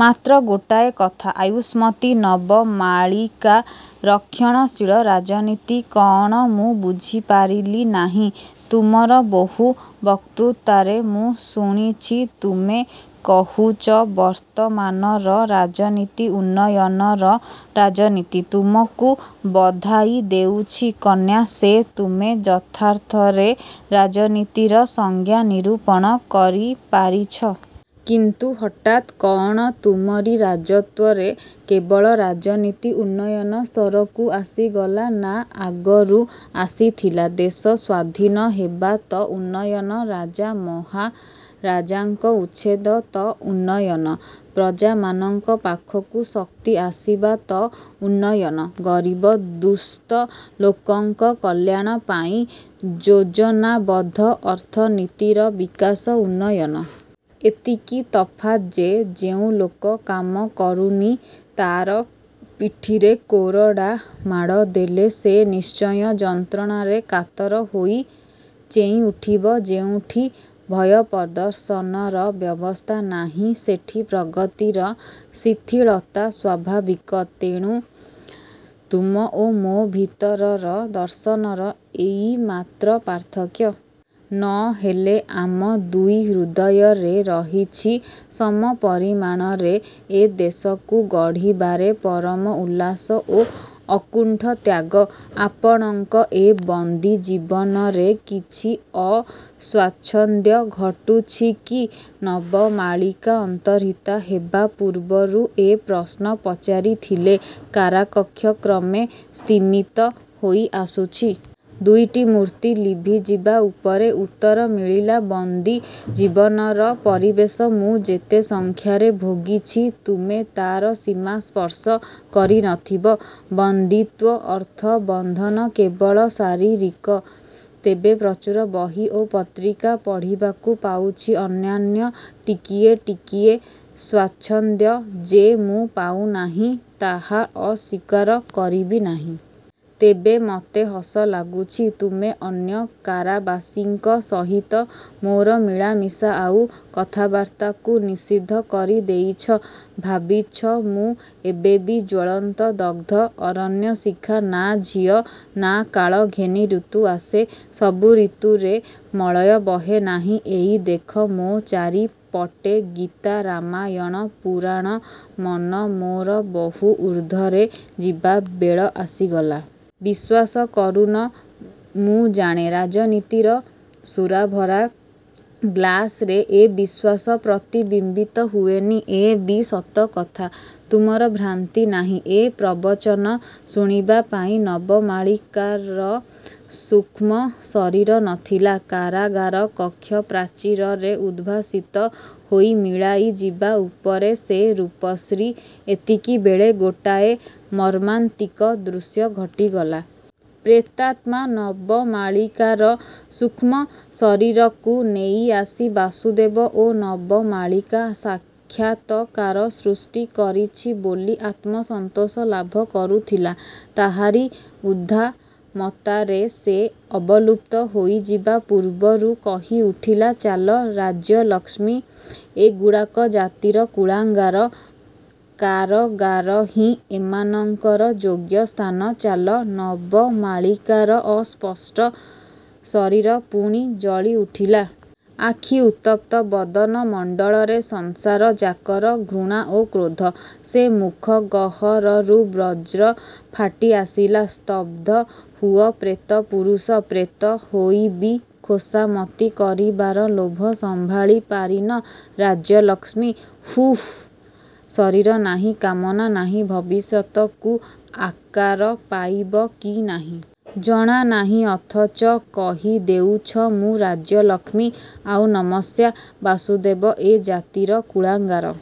ମାତ୍ର ଗୋଟାଏ କଥା, ଆୟୁଷ୍ମତୀ ନବମାଳିକା, ରକ୍ଷଣଶୀଳ ରାଜନୀତି କଅଣ ମୁଁ ବୁଝିପାରିଲି ନାହିଁ। ତୁମର ବହୁ ବକ୍ତୃତାରେ ମୁଁ ଶୁଣିଛି ତୁମେ କହୁଛ ବର୍ତ୍ତମାନର ରାଜନୀତି ଉନ୍ନୟନର ରାଜନୀତି। ତୁମକୁ ବଧାଇ ଦେଉଛି, କନ୍ୟା, ସେ ତୁମେ ଯଥାର୍ଥରେ ରାଜନୀତିର ସଂଜ୍ଞା ନିରୂପଣ କରିପାରିଛ। କିନ୍ତୁ ହଠାତ୍ କଅଣ ତୁମରି ରାଜତ୍ଵରେ କେବଳ ରାଜନୀତି ଉନ୍ନୟନ ସ୍ତରକୁ ଆସିଗଲା ନା ଆଗରୁ ଆସିଥିଲା? ଦେଶ ସ୍ଵାଧୀନ ହେବା ତ ଉନ୍ନୟନ, ରାଜା ମହାରାଜାଙ୍କ ଉଚ୍ଛେଦ ତ ଉନ୍ନୟନ, ପ୍ରଜାମାନଙ୍କ ପାଖକୁ ଶକ୍ତି ଆସିବା ତ ଉନ୍ନୟନ, ଗରିବ ଦୁସ୍ଥ ଲୋକଙ୍କ କଲ୍ୟାଣ ପାଇଁ ଯୋଜନାବଦ୍ଧ ଅର୍ଥନୀତିର ବିକାଶ ଉନ୍ନୟନ! ଏତିକି ତଫାତ୍ ଯେ, ଯେଉଁ ଲୋକ କାମ କରୁନି, ତାର ପିଠିରେ କୋରଡ଼ାମାଡ଼ ଦେଲେ ସେ ନିଶ୍ଚୟ ଯନ୍ତ୍ରଣାରେ କାତର ହୋଇ ଚେଇଁ ଉଠିବ। ଯେଉଁଠି ଭୟପ୍ରଦର୍ଶନର ବ୍ୟବସ୍ଥା ନାହିଁ ସେଠି ପ୍ରଗତିର ଶିଥିଳତା ସ୍ୱାଭାବିକ; ତେଣୁ ତୁମ ଓ ମୋ ଭିତରର ଦର୍ଶନର ଏଇ ମାତ୍ର ପାର୍ଥକ୍ୟ। ନ ହେଲେ ଆମ ଦୁଇ ହୃଦୟରେ ରହିଛି ସମପରିମାଣରେ ଏ ଦେଶକୁ ଗଢ଼ିବାରେ ପରମ ଉଲ୍ଲାସ ଓ ଅକୁଣ୍ଠ ତ୍ୟାଗ। -ଆପଣଙ୍କ ଏ ବନ୍ଦୀ ଜୀବନରେ କିଛି ଅସ୍ୱାଚ୍ଛନ୍ଦ୍ୟ ଘଟୁଛି କି? ନବମାଳିକା ଅନ୍ତର୍ହିତା ହେବା ପୂର୍ବରୁ ଏ ପ୍ରଶ୍ନ ପଚାରିଥିଲେ। କାରାକକ୍ଷ କ୍ରମେ ସ୍ତିମିତ ହୋଇଆସୁଛି। ଦୁଇଟି ମୂର୍ତ୍ତି ଲିଭି ଯିବା ଉପରେ। ଉତ୍ତର ମିଳିଲା-ବନ୍ଦୀ ଜୀବନର ପରିବେଶ ମୁଁ ଯେତେ ସଂଖ୍ୟାରେ ଭୋଗିଛି, ତୁମେ ତାର ସୀମା ସ୍ପର୍ଶ କରିନଥିବ। ବନ୍ଦୀତ୍ଵ ଅର୍ଥ ବନ୍ଧନ କେବଳ ଶାରୀରିକ। ତେବେ ପ୍ରଚୁର ବହି ଓ ପତ୍ରିକା ପଢ଼ିବାକୁ ପାଉଛି। ଅନ୍ୟାନ୍ୟ ଟିକିଏ ଟିକିଏ ସ୍ଵାଚ୍ଛନ୍ଦ୍ୟ ଯେ ମୁଁ ପାଉନାହିଁ, ତାହା ଅସ୍ୱୀକାର କରିବି ନାହିଁ। ତେବେ ମତେ ହସ ଲାଗୁଛି, ତୁମେ ଅନ୍ୟ କାରାବାସୀଙ୍କ ସହିତ ମୋର ମିଳାମିଶା ଆଉ କଥାବାର୍ତ୍ତାକୁ ନିଷିଦ୍ଧ କରିଦେଇଛ। ଭାବିଛ ମୁଁ ଏବେବି ଜ୍ଵଳନ୍ତ ଦଗ୍ଧ ଅରଣ୍ୟ ଶିଖା-? ନା, ଝିଅ, ନା-କାଳ ଘେନି ୠତୁ ଆସେ। ସବୁ ଋତୁରେ ମଳୟ ବହେ ନାହିଁ। ଏଇ ଦେଖ, ମୋ ଚାରିପଟେ ଗୀତା ରାମାୟଣ, ପୁରାଣ; ମନ ମୋର ବହୁ ଉର୍ଦ୍ଧ୍ଵରେ- ଯିବାବେଳ ଆସିଗଲା। ବିଶ୍ୱାସ କରୁନ ମୁଁ ଜାଣେ। ରାଜନୀତିର ସୁରାଭରା ଗ୍ଳାସରେ ଏ ବିଶ୍ୱାସ ପ୍ରତିବିମ୍ବିତ ହୁଏନି, ଏ ବି ସତକଥା। ତୁମର ଭ୍ରାନ୍ତି ନାହିଁ-। ଏ ପ୍ରବଚନ ଶୁଣିବା ପାଇଁ ନବମାଳିକାର ସୂକ୍ଷ୍ମ ଶରୀର ନଥିଲା। କାରାଗାର କକ୍ଷ ପ୍ରାଚୀରରେ ଉଦ୍ଭାସିତ ହୋଇ ମିଳାଇଯିବା ଉପରେ ସେ ରୂପଶ୍ରୀ- ଏତିକିବେଳେ ଗୋଟାଏ ମର୍ମାନ୍ତିକ ଦୃଶ୍ୟ ଘଟିଗଲା। ପ୍ରେତାତ୍ମା ନବମାଳିକାର ସୂକ୍ଷ୍ମ ଶରୀରକୁ ନେଇଆସି ବାସୁଦେବ ଓ ନବମାଳିକା ସାକ୍ଷାତକାର, ସୃଷ୍ଟି କରିଛି ବୋଲି ଆତ୍ମସନ୍ତୋଷ ଲାଭ କରୁଥିଲା। ତାହାରି ଉଦ୍ଦାମତାରେ ସେ ଅବଲୁପ୍ତ ହୋଇଯିବା ପୂର୍ବରୁ କହି ଉଠିଲା-ଚାଲ ରାଜ୍ୟଲକ୍ଷ୍ମୀ, ଏଗୁଡ଼ାକ ଜାତିର କୁଳାଙ୍ଗାର, କାରଗାରହିଁ ଏମାନଙ୍କର ଯୋଗ୍ୟ ସ୍ଥାନ, ଚାଲ-। ନବମାଳିକାର ଅସ୍ପଷ୍ଟ ଶରୀର ପୁଣି ଜଳି ଉଠିଲା। ଆଖି ଉତ୍ତପ୍ତ। ବଦନ ମଣ୍ଡଳରେ ସଂସାର ଯାକର ଘୃଣା ଓ କ୍ରୋଧ। ସେ ମୁଖ ଗହରରୁ ବଜ୍ର ଫାଟି ଆସିଲା- 'ସ୍ତବଧ ହୁଅ ପ୍ରେତପୁରୁଷ। ପ୍ରେତ ହୋଇ ବି ଖୋସାମତି କରିବାର ଲୋଭ ସମ୍ଭାଳି ପାରିନ? ରାଜ୍ୟଲକ୍ଷ୍ମୀ? ହୁଃ-ଶରୀର ନାହିଁ, କାମନା ନାହିଁ, ଭବିଷ୍ୟତକୁ ଆକାର ପାଇବ କି ନାହିଁ। ଜଣାନାହିଁ, ଅଥଚ କହିଦେଉଛ ମୁଁ ରାଜ୍ୟଲକ୍ଷ୍ମୀ ଆଉ ନମସ୍ୟା। ବାସୁଦେବ ଏ ଜାତିର କୁଳାଙ୍ଗାର-?